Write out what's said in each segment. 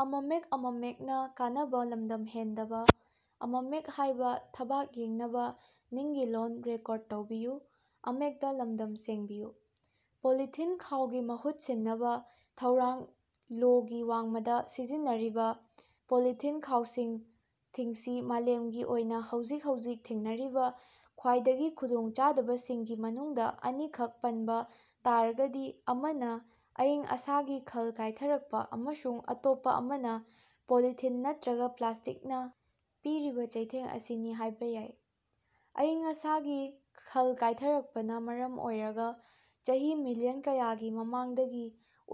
Polythene ꯈꯥꯎꯒꯤ ꯃꯍꯨꯠ ꯁꯤꯟꯅꯕ ꯊꯧꯔꯥꯡ ꯂꯣꯒꯤ ꯋꯥꯡꯃꯗ ꯁꯤꯖꯤꯟꯅꯔꯤꯕ ꯄꯣꯂꯤꯊꯤꯟ ꯈꯥꯎꯁꯤꯡ ꯊꯤꯡꯁꯤ ꯃꯥꯂꯦꯝꯒꯤ ꯑꯣꯏꯅ ꯍꯧꯖꯤꯛ ꯍꯧꯖꯤꯛ ꯊꯦꯡꯅꯔꯤꯕ ꯈ꯭ꯋꯥꯏꯗꯒꯤ ꯈꯨꯗꯣꯡꯆꯥꯗꯕꯁꯤꯡꯒꯤ ꯃꯅꯨꯡꯗ ꯑꯅꯤꯈꯛ ꯄꯟꯕ ꯇꯥꯔꯒꯗꯤ ꯑꯃꯅ ꯑꯏꯪ- ꯑꯁꯥꯒꯤ ꯈꯜ ꯀꯥꯏꯊꯔꯛꯄ ꯑꯃꯁꯨꯡ ꯑꯇꯣꯞꯄ ꯑꯃꯅ ꯄꯣꯂꯤꯊꯤꯟ ꯅꯠꯇꯔꯒ ꯄ꯭ꯂꯥꯁꯇꯤꯛꯅ ꯄꯤꯔꯤꯕ ꯆꯩꯊꯦꯡ ꯑꯁꯤꯅꯤ ꯍꯥꯏꯕ ꯌꯥꯏ꯫ ꯑꯏꯪ-ꯑꯁꯥꯒꯤ ꯈꯜ ꯀꯥꯏꯊꯔꯛꯄꯅ ꯃꯔꯝ ꯑꯣꯏꯔꯒ ꯆꯍꯤ ꯃꯤꯜꯂꯤꯌꯟ ꯀꯌꯥꯒꯤ ꯃꯃꯥꯡꯗꯒꯤ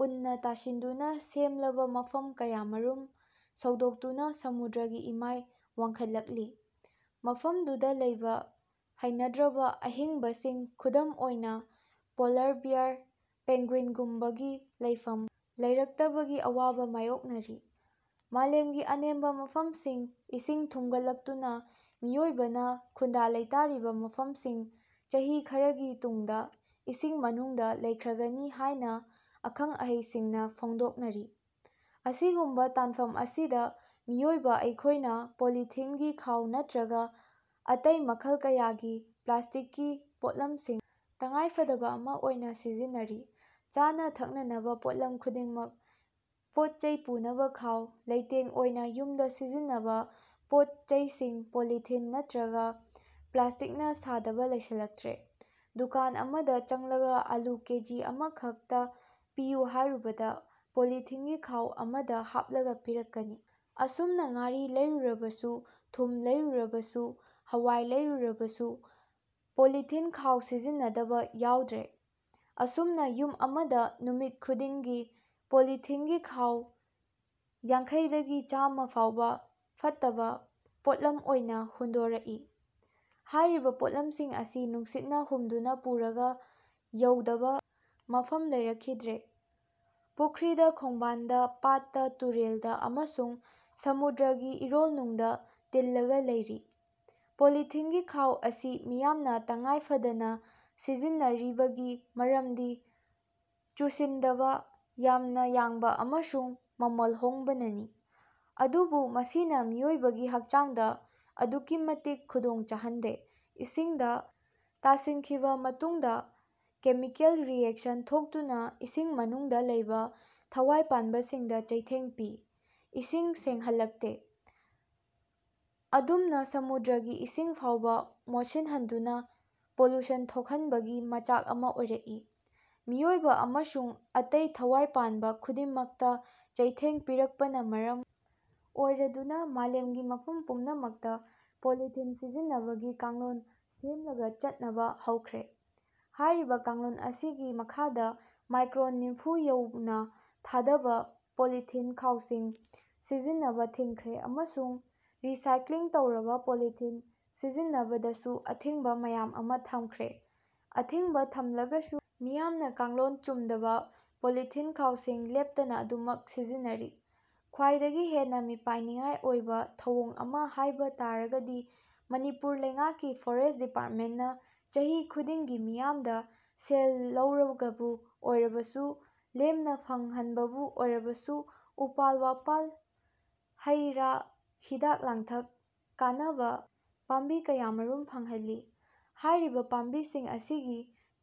ꯎꯟꯅ ꯇꯥꯁꯤꯟꯗꯨꯅ ꯁꯦꯝꯂꯕ ꯃꯐꯝ ꯀꯌꯥꯃꯔꯨꯝ ꯁꯧꯗꯣꯔꯛꯇꯨꯅ ꯁꯃꯨꯗ꯭ꯔꯒꯤ ꯏꯃꯥꯏ ꯋꯥꯡꯈꯠꯂꯛꯂꯤ꯫ ꯃꯐꯝꯗꯨꯗ ꯂꯩꯕ ꯍꯩꯅꯗ꯭ꯔꯕ ꯑꯍꯤꯡꯕꯁꯤꯡ ꯈꯨꯗꯝ ꯑꯣꯏꯅ ꯄꯣꯜꯂꯔ ꯕꯤꯌꯥꯔ, ꯄꯦꯡꯒ꯭ꯌꯨꯏꯟꯒꯨꯝꯕꯒꯤ ꯂꯩꯐꯝ ꯂꯩꯔꯛꯇꯕꯒꯤ ꯑꯋꯥꯕ ꯃꯥꯌꯣꯛꯅꯔꯤ꯫ ꯃꯥꯂꯦꯝꯒꯤ ꯑꯅꯦꯝꯕ ꯃꯐꯝꯁꯤꯡ ꯏꯁꯤꯡ ꯊꯨꯝꯒꯠꯂꯛꯇꯨꯅ ꯃꯤꯑꯣꯏꯕꯅ ꯈꯨꯟꯗꯥ-ꯂꯩꯇꯥꯔꯤꯕ ꯃꯐꯝꯁꯤꯡ ꯆꯍꯤ ꯈꯔꯒꯤ ꯇꯨꯡꯗ ꯏꯁꯤꯡ ꯃꯅꯨꯡꯗ ꯂꯩꯈ꯭ꯔꯒꯅꯤ ꯍꯥꯏꯅ ꯑꯈꯪ-ꯑꯍꯩꯁꯤꯡꯅ ꯐꯣꯡꯗꯣꯛꯅꯔꯤ꯫ ꯑꯁꯤꯒꯨꯝꯕ ꯇꯥꯟꯐꯝ ꯑꯁꯤꯗ ꯃꯤꯑꯣꯏꯕ ꯑꯩꯈꯣꯏꯅ ꯄꯣꯂꯤꯊꯤꯟꯒꯤ ꯈꯥꯎ ꯅꯠꯇ꯭ꯔꯒ ꯑꯇꯩ ꯃꯈꯜ ꯀꯌꯥꯒꯤ ꯄ꯭ꯂꯥꯁꯇꯤꯛꯀꯤ ꯄꯣꯠꯂꯝꯁꯤꯡ ꯇꯉꯥꯏꯐꯗꯕ ꯑꯃ ꯑꯣꯏꯅ ꯁꯤꯖꯤꯟꯅꯔꯤ꯫ ꯆꯥꯅ-ꯊꯛꯅꯅꯕ ꯄꯣꯠꯂꯝ ꯈꯨꯗꯤꯡꯃꯛ, ꯄꯣꯠ-ꯆꯩ ꯄꯨꯅꯕ ꯈꯥꯎ, ꯂꯩꯇꯦꯡ ꯑꯣꯏꯅ ꯌꯨꯝꯗ ꯁꯤꯖꯤꯟꯅꯕ ꯄꯣꯠ-ꯆꯩꯁꯤꯡ ꯄꯣꯂꯤꯊꯤꯟ ꯅꯠꯇ꯭ꯔꯒ ꯄ꯭ꯂꯥꯁꯇꯤꯛꯅ ꯁꯥꯗꯕ ꯌꯥꯎꯁꯤꯜꯂꯛꯇ꯭ꯔꯦ꯫ ꯗꯨꯀꯥꯟ ꯑꯃꯗ ꯆꯪꯂꯒ ꯑꯥꯂꯨ ꯀꯦꯖꯤ ꯑꯃꯈꯛꯇ ꯄꯤꯌꯨ ꯍꯥꯏꯔꯨꯕꯗ ꯄꯣꯂꯤꯊꯤꯟꯒꯤ ꯈꯥꯎ ꯑꯃꯗ ꯍꯥꯞꯂꯒ ꯄꯤꯔꯛꯀꯅꯤ꯫ ꯑꯁꯨꯝꯅ ꯉꯥꯔꯤ ꯂꯩꯔꯨꯔꯕꯁꯨ, ꯊꯨꯝ ꯂꯩꯔꯨꯔꯕꯁꯨ, ꯍꯋꯥꯏ ꯂꯩꯔꯨꯔꯕꯁꯨ ꯄꯣꯂꯤꯊꯤꯟ ꯈꯥꯎ ꯁꯤꯖꯤꯟꯅꯗꯕ ꯌꯥꯎꯗ꯭ꯔꯦ꯫ ꯑꯁꯨꯝꯅ ꯌꯨꯝ ꯑꯃꯗ ꯅꯨꯃꯤꯠ ꯈꯨꯗꯤꯡꯒꯤ ꯄꯣꯂꯤꯊꯤꯟꯒꯤ ꯈꯥꯎ ꯌꯥꯡꯈꯩ ꯗꯒꯤ ꯆꯥꯝꯃꯥ ꯐꯥꯎꯕ ꯐꯠꯇꯕ ꯄꯣꯠꯂꯝ ꯑꯣꯏꯅ ꯍꯨꯟꯗꯣꯔꯛꯏ꯫ ꯍꯥꯏꯔꯤꯕ ꯄꯣꯠꯂꯝꯁꯤꯡ ꯑꯁꯤ ꯅꯨꯡꯁꯤꯠꯅ ꯍꯨꯝꯗꯨꯅ ꯄꯨꯔꯒ ꯌꯧꯗꯕ ꯃꯐꯝ ꯂꯩꯔꯛꯈꯤꯗ꯭ꯔꯦ꯫ ꯄꯨꯈ꯭ꯔꯤꯗ, ꯈꯣꯡꯕꯥꯟꯗ, ꯄꯥꯠꯇ, ꯇꯨꯔꯦꯜꯗ ꯑꯃꯁꯨꯡ ꯁꯃꯨꯗ꯭ꯔꯒꯤ ꯏꯔꯣꯜꯅꯨꯡꯗ ꯇꯤꯜꯂꯒ ꯂꯩꯔꯤ꯫ ꯄꯣꯂꯤꯊꯤꯟꯒꯤ ꯈꯥꯎ ꯑꯁꯤ ꯃꯤꯌꯥꯝꯅ ꯇꯉꯥꯏꯐꯗꯅ ꯁꯤꯖꯤꯟꯅꯔꯤꯕꯒꯤ ꯃꯔꯝꯗꯤ ꯆꯨꯁꯤꯟꯗꯕ, ꯌꯥꯝꯅ ꯌꯥꯡꯕ ꯑꯃꯁꯨꯡ ꯃꯃꯜ ꯍꯣꯡꯕꯅꯅꯤ꯫ ꯑꯗꯨꯕꯨ ꯃꯁꯤꯅ ꯃꯤꯑꯣꯏꯕꯒꯤ ꯍꯛꯆꯥꯡꯗ ꯑꯗꯨꯛꯀꯤ ꯃꯇꯤꯛ ꯈꯨꯗꯣꯡ ꯆꯥꯍꯟꯗꯦ꯫ ꯏꯁꯤꯡꯗ ꯇꯥꯁꯤꯟꯈꯤꯕ ꯃꯇꯨꯡꯗ ꯀꯦꯃꯤꯀꯦꯜ ꯔꯤꯌꯦꯛꯁꯟ ꯊꯣꯛꯇꯨꯅ ꯏꯁꯤꯡ ꯃꯅꯨꯡꯗ ꯂꯩꯕ ꯊꯋꯥꯏ ꯄꯥꯟꯕꯁꯤꯡꯗ ꯆꯩꯊꯦꯡ ꯄꯤ꯫ ꯏꯁꯤꯡ ꯁꯦꯡꯍꯜꯂꯛꯇꯦ꯫ ꯑꯗꯨꯝꯅ ꯁꯃꯨꯗ꯭ꯔꯒꯤ ꯏꯁꯤꯡ ꯐꯥꯎꯕ ꯃꯣꯠꯁꯤꯟꯍꯟꯗꯨꯅ ꯄꯣꯂꯨꯁꯟ ꯊꯣꯛꯍꯟꯕꯒꯤ ꯃꯆꯥꯛ ꯑꯃ ꯑꯣꯏꯔꯛꯏ꯫ ꯃꯤꯑꯣꯏꯕ ꯑꯃꯁꯨꯡ ꯑꯇꯩ ꯊꯋꯥꯏ ꯄꯥꯟꯕ ꯈꯨꯗꯤꯡꯃꯛꯇ ꯆꯩꯊꯦꯡ ꯄꯤꯔꯛꯄꯅ ꯃꯔꯝ ꯑꯣꯏꯔꯗꯨꯅ ꯃꯥꯂꯦꯝꯒꯤ ꯃꯐꯝ ꯄꯨꯝꯅꯃꯛꯇ ꯄꯣꯂꯤꯊꯤꯟ ꯁꯤꯖꯤꯟꯅꯕꯒꯤ ꯀꯥꯡꯂꯣꯟ ꯁꯦꯝꯂꯒ ꯆꯠꯅꯕ ꯍꯧꯈ꯭ꯔꯦ꯫ ꯍꯥꯏꯔꯤꯕ ꯀꯥꯡꯂꯣꯟ ꯑꯁꯤꯒꯤ ꯃꯈꯥꯗ ꯃꯥꯏꯀ꯭ꯔꯣꯟ ꯅꯤꯐꯨ ꯌꯧꯅ ꯊꯥꯗꯕ ꯄꯣꯂꯤꯊꯤꯟ ꯈꯥꯎꯁꯤꯡ ꯁꯤꯖꯤꯟꯅꯕ ꯊꯤꯡꯈ꯭ꯔꯦ ꯑꯃꯁꯨꯡ ꯔꯤ-ꯁꯥꯏꯀ꯭ꯂꯤꯡ ꯇꯧꯔꯕ ꯄꯣꯂꯤꯊꯤꯟ ꯁꯤꯖꯤꯟꯅꯕꯗꯁꯨ ꯑꯊꯤꯡꯕ ꯃꯌꯥꯝ ꯑꯃ ꯊꯝꯈ꯭ꯔꯦ꯫ ꯑꯊꯤꯡꯕ ꯊꯝꯂꯒꯁꯨ ꯃꯤꯌꯥꯝꯅ ꯀꯥꯡꯂꯣꯟ ꯆꯨꯝꯗꯕ ꯄꯣꯂꯤꯊꯤꯟ ꯈꯥꯎꯁꯤꯡ ꯂꯦꯞꯇꯅ ꯑꯗꯨꯝꯃꯛ ꯁꯤꯖꯤꯟꯅꯔꯤ꯫ ꯈ꯭ꯋꯥꯏꯗꯒꯤ ꯍꯦꯟꯅ ꯃꯤꯄꯥꯏꯅꯤꯡꯉꯥꯏ ꯑꯣꯏꯕ ꯊꯧꯑꯣꯡ ꯑꯃ ꯍꯥꯏꯕ ꯇꯥꯔꯒꯗꯤ ꯃꯅꯤꯄꯨꯔ ꯂꯩꯉꯥꯛꯀꯤ ꯐꯣꯔꯦꯁꯠ ꯗꯤꯄꯥꯔꯠꯃꯦꯟꯠꯅ ꯆꯍꯤ ꯈꯨꯗꯤꯡꯒꯤ ꯃꯤꯌꯥꯝꯗ ꯁꯦꯜ ꯂꯧꯔꯒꯕꯨ ꯑꯣꯏꯔꯕꯁꯨ, ꯂꯦꯝꯅ ꯐꯪꯍꯟꯕꯕꯨ ꯑꯣꯏꯔꯕꯁꯨ ꯎꯄꯥꯜ-ꯋꯥꯄꯥꯜ, ꯍꯩ-ꯔꯥ, ꯍꯤꯗꯥꯛ-ꯂꯥꯡꯊꯛ ꯀꯥꯟꯅꯕ ꯄꯥꯝꯕꯤ ꯀꯌꯥꯃꯔꯨꯝ ꯐꯪꯍꯜꯂꯤ꯫ ꯍꯥꯏꯔꯤꯕ ꯄꯥꯝꯕꯤꯁꯤꯡ ꯑꯁꯤꯒꯤ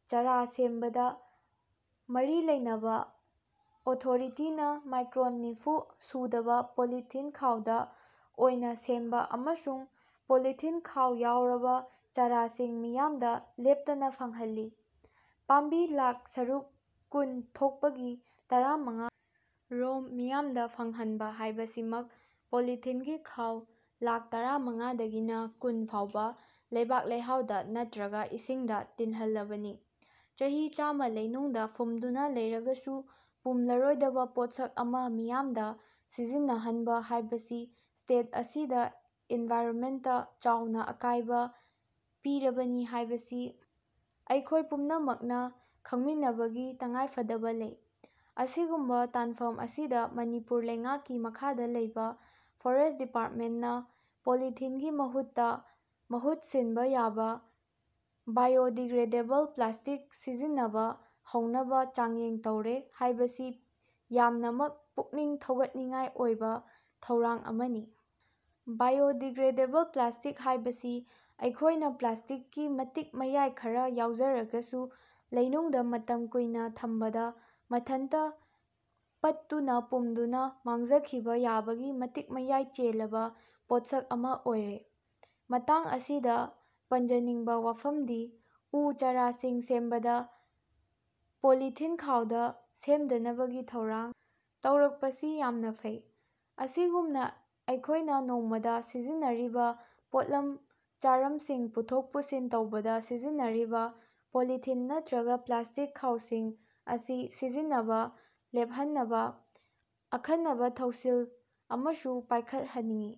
ꯆꯥꯔꯥ ꯁꯦꯝꯕꯗ ꯃꯔꯤ ꯂꯩꯅꯕ ꯑꯣꯊꯣꯔꯤꯇꯤꯅ ꯃꯥꯏꯀ꯭ꯔꯣꯟ ꯅꯤꯐꯨ ꯁꯨꯗꯕ ꯄꯣꯂꯤꯊꯤꯟ ꯈꯥꯎꯗ ꯑꯣꯏꯅ ꯁꯦꯝꯕ ꯑꯃꯁꯨꯡ ꯄꯣꯂꯤꯊꯤꯟ ꯈꯥꯎ ꯌꯥꯎꯔꯕ ꯆꯥꯔꯥꯁꯤꯡ ꯃꯤꯌꯥꯝꯗ ꯂꯦꯞꯇꯅ ꯐꯪꯍꯜꯂꯤ꯫ ꯄꯥꯝꯕꯤ ꯂꯥꯈ ꯁꯔꯨꯛ ꯀꯨꯟ ꯊꯣꯛꯄꯒꯤ ꯇꯔꯥ ꯃꯉꯥ ꯔꯣꯝ ꯃꯤꯌꯥꯝꯗ ꯐꯪꯍꯟꯕ ꯍꯥꯏꯕꯁꯤꯃꯛ ꯄꯣꯂꯤꯊꯤꯟꯒꯤ ꯈꯥꯎ ꯂꯥꯈ ꯇꯔꯥ ꯃꯉꯥꯗꯒꯤꯅ ꯀꯨꯟ ꯐꯥꯎꯕ ꯂꯩꯕꯥꯛ-ꯂꯩꯍꯥꯎꯗ ꯅꯠꯇ꯭ꯔꯒ ꯏꯁꯤꯡꯗ ꯇꯤꯟꯍꯜꯂꯕꯅꯤ꯫ ꯆꯍꯤ ꯆꯥꯝꯃ ꯂꯩꯅꯨꯡꯗ ꯐꯨꯝꯗꯨꯅ ꯂꯩꯔꯒꯁꯨ ꯄꯨꯝꯂꯔꯣꯏꯗꯕ ꯄꯣꯠꯁꯛ ꯑꯃ ꯃꯤꯌꯥꯝꯗ ꯁꯤꯖꯤꯟꯅꯍꯟꯕ ꯍꯥꯏꯕꯁꯤ ꯁ꯭ꯇꯦꯠ ꯑꯁꯤꯗ ꯏꯟꯚꯥꯏꯔꯣꯟꯃꯦꯟꯠꯇ ꯆꯥꯎꯅ ꯑꯀꯥꯏꯕ ꯄꯤꯔꯕꯅꯤ ꯍꯥꯏꯕꯁꯤ ꯑꯩꯈꯣꯏ ꯄꯨꯝꯅꯃꯛꯅ ꯈꯪꯃꯤꯟꯅꯕꯒꯤ ꯇꯉꯥꯏꯐꯗꯕ ꯂꯩ꯫ ꯑꯁꯤꯒꯨꯝꯕ ꯇꯥꯟꯐꯝ ꯑꯁꯤꯗ ꯃꯅꯤꯄꯨꯔ ꯂꯩꯉꯥꯛꯀꯤ ꯃꯈꯥꯗ ꯂꯩꯕ ꯐꯣꯔꯦꯁꯠ ꯗꯤꯄꯥꯔꯠꯃꯦꯟꯠꯅ ꯄꯣꯂꯤꯊꯤꯟꯒꯤ ꯃꯍꯨꯠꯇ ꯃꯍꯨꯠ ꯁꯤꯟꯕ ꯌꯥꯕ ꯕꯥꯏꯑꯣ ꯗꯤꯒ꯭ꯔꯦꯗꯦꯕꯜ ꯄ꯭ꯂꯥꯁꯇꯤꯛ ꯁꯤꯖꯤꯟꯅꯕ ꯍꯧꯅꯕ ꯆꯥꯡꯌꯦꯡ ꯇꯧꯔꯦ ꯍꯥꯏꯕꯁꯤ ꯌꯥꯝꯅꯃꯛ ꯄꯨꯛꯅꯤꯡ ꯊꯧꯒꯠꯅꯤꯡꯉꯥꯏ ꯑꯣꯏꯕ ꯊꯧꯔꯥꯡ ꯑꯃꯅꯤ꯫ ꯕꯥꯏꯑꯣ ꯗꯤꯒ꯭ꯔꯦꯗꯦꯕꯜ ꯄ꯭ꯂꯥꯁꯇꯤꯛ ꯍꯥꯏꯕꯁꯤ ꯑꯩꯈꯣꯏꯅ ꯄ꯭ꯂꯥꯁꯇꯤꯛꯀꯤ ꯃꯇꯤꯛ-ꯃꯌꯥꯏ ꯈꯔ ꯌꯥꯎꯖꯔꯒꯁꯨ ꯂꯩꯅꯨꯡꯗ ꯃꯇꯝ ꯀꯨꯏꯅ ꯊꯝꯕꯗ ꯃꯊꯟꯇ ꯄꯠꯇꯨꯅ-ꯄꯨꯝꯗꯨꯅ ꯃꯥꯡꯖꯈꯤꯕ ꯌꯥꯕꯒꯤ ꯃꯇꯤꯛ-ꯃꯌꯥꯏ ꯆꯦꯜꯂꯕ ꯄꯣꯠꯁꯛ ꯑꯃ ꯑꯣꯏꯔꯦ꯫ ꯃꯇꯥꯡ ꯑꯁꯤꯗ ꯄꯟꯖꯅꯤꯡꯕ ꯋꯥꯐꯝꯗꯤ ꯎ ꯆꯥꯔꯥꯁꯤꯡ ꯁꯦꯝꯕꯗ ꯄꯣꯂꯤꯊꯤꯟ ꯈꯥꯎꯗ ꯁꯦꯝꯗꯅꯕꯒꯤ ꯊꯧꯔꯥꯡ ꯇꯧꯔꯛꯄꯁꯤ ꯌꯥꯝꯅ ꯐꯩ꯫ ꯑꯁꯤꯒꯨꯝꯅ ꯑꯩꯈꯣꯏꯅ ꯅꯣꯡꯃꯗ ꯁꯤꯖꯤꯟꯅꯔꯤꯕ ꯄꯣꯠꯂꯝ ꯆꯥꯔꯝꯁꯤꯡ ꯄꯨꯊꯣꯛ-ꯄꯨꯁꯤꯟ ꯇꯧꯕꯗ ꯁꯤꯖꯤꯟꯅꯔꯤꯕ ꯄꯣꯂꯤꯊꯤꯟ ꯅꯠꯇꯔꯒ ꯄ꯭ꯂꯥꯁꯇꯤꯛ ꯈꯥꯎꯁꯤꯡ ꯑꯁꯤ ꯁꯤꯖꯤꯟꯅꯕ ꯂꯦꯞꯍꯟꯅꯕ ꯑꯈꯟꯅꯕ ꯊꯧꯁꯤꯜ ꯑꯃꯁꯨ ꯄꯥꯏꯈꯠꯍꯟꯅꯤꯡꯏ꯫